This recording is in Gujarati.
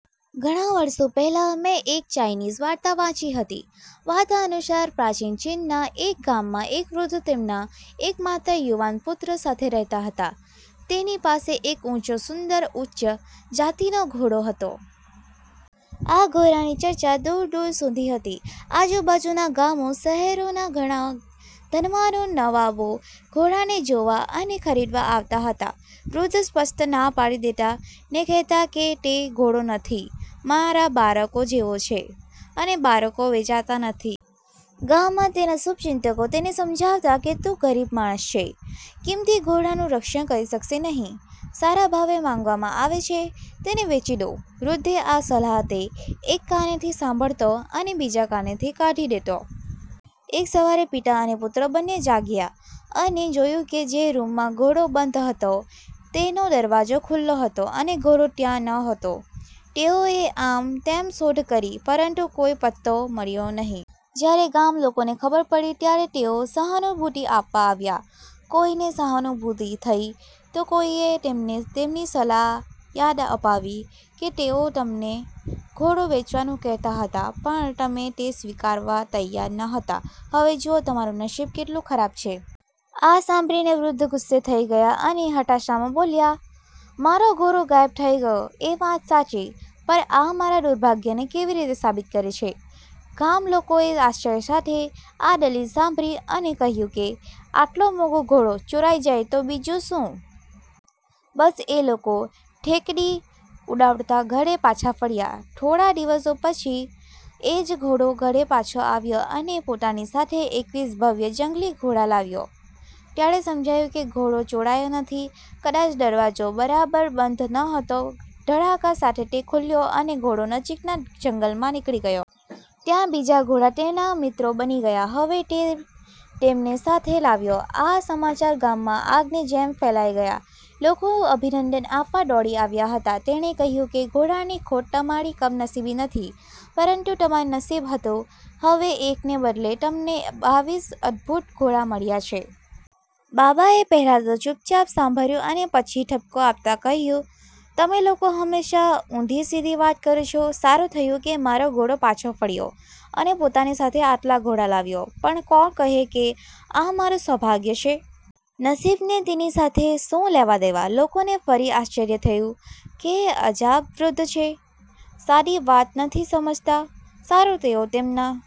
ઘણા વર્ષો પહેલા મેં એક ચાઈનીઝ વાર્તા વાંચી હતી, વાર્તા અનુસાર, પ્રાચીન ચીનના એક ગામમાં, એક વૃદ્ધ તેમના એકમાત્ર યુવાન પુત્ર સાથે રહેતા હતા. તેની પાસે એક ઊંચો, સુંદર, ઉચ્ચ જાતિનો ઘોડો હતો. આ ઘોડાની ચર્ચા દૂર દૂર સુધી હતી. આજુબાજુના ગામો, શહેરોના ઘણા ધનવાનો, નવાબો ઘોડા ને જોવા અને ખરીદવા આવતા હતા. વૃદ્ધ સ્પષ્ટ ના પાડી દેતા. ને કહેતા કે તે ઘોડો નથી, મારા બારકો જેવો છે અને બારકો વેચાતા નથી. ગામમાં તેના શુભચિંતકો તેને સમજાવતા કે તું ગરીબ માણસ છે, કિંમતી ઘોડાનું રક્ષણ કરી શકશે નહીં, સારા ભાવે માંગવામાં આવે છે, તેને વેચી દો. વૃદ્ધે આ સલાહતે એક કાનેથી સાંભળતો અને બીજા કાનેથી કાઢી દેતો. એક સવારે પિતા અને પુત્ર બંને જાગયા અને જોયું કે જે રૂમમાં ઘોડો બંધ હતો તેનો દરવાજો ખુલ્લો હતો અને ઘોડો ત્યાં નહોતો. તેઓએ આમ તેમ શોધ કરી, પરંતુ કોઈ પત્તો મળ્યો નહીં. જ્યારે ગામલોકોને ખબર પડી ત્યારે તેઓ સહાનુભૂતિ આપવા આવ્યા. કોઈને સહાનુભૂતિ થઈ, તો કોઈએ તેમને તેમની સલાહ યાદ અપાવી કે તેઓ તમને ઘોડો વેચવાનું કહેતા હતા, પણ તમે તે સ્વીકારવા તૈયાર નહોતા, હવે જુઓ તમારું નસીબ કેટલું ખરાબ છે. આ સાંભળીને વૃદ્ધ ગુસ્સે થઈ ગયા અને હતાશામાં બોલ્યા, મારો ઘોડો ગાયબ થઈ ગયો એ વાત સાચી, પણ આ મારા દુર્ભાગ્યને કેવી રીતે સાબિત કરે છે? ગામલોકોએ આશ્ચર્ય સાથે આ દલીલ સાંભળી અને કહ્યું કે આટલો મોંઘો ઘોડો ચોરાઈ જાય તો બીજું શું? બસ, એ લોકો ઠેકડી ઉડાવતા ઘરે પાછા ફર્યા. થોડા દિવસો પછી એ જ ઘોડો ઘરે પાછો આવ્યો અને પોતાની સાથે એકવીસ ભવ્ય જંગલી ઘોડા લાવ્યો. ત્યારે સમજાયું કે ઘોડો ચોરાયો નથી, કદાચ દરવાજો બરાબર બંધ ન હતો, ધડાકા સાથે તે ખુલ્યો અને ઘોડો નજીકના જંગલમાં નીકળી ગયો. ત્યાં બીજા ઘોડા તેના મિત્રો બની ગયા, હવે તે તેમને સાથે લાવ્યો. આ સમાચાર ગામમાં આગની જેમ ફેલાઈ ગયા. લોકો અભિનંદન આપવા દોડી આવ્યા હતા. તેણે કહ્યું કે ઘોડાની ખોટ તમારી કમનસીબી નથી, પરંતુ તમારું નસીબ હતું, હવે એકને બદલે તમને બાવીસ અદ્ભુત ઘોડા મળ્યા છે. બાબાએ પહેલા તો ચુપચાપ સાંભળ્યું અને પછી ઠપકો આપતા કહ્યું, તમે લોકો હંમેશા ઉંધી સીધી વાત કરો છો, સારું થયું કે મારો ઘોડો પાછો ફર્યો અને પોતાની સાથે આટલા ઘોડા લાવ્યો, પણ કોણ કહે કે આ મારું સૌભાગ્ય છે? નસીબને તેની સાથે શું લેવાદેવા? લોકોને ફરી આશ્ચર્ય થયું કે અજાબ વૃદ્ધ છે, સાદી વાત નથી સમજતા. સારું, તેઓ તેમના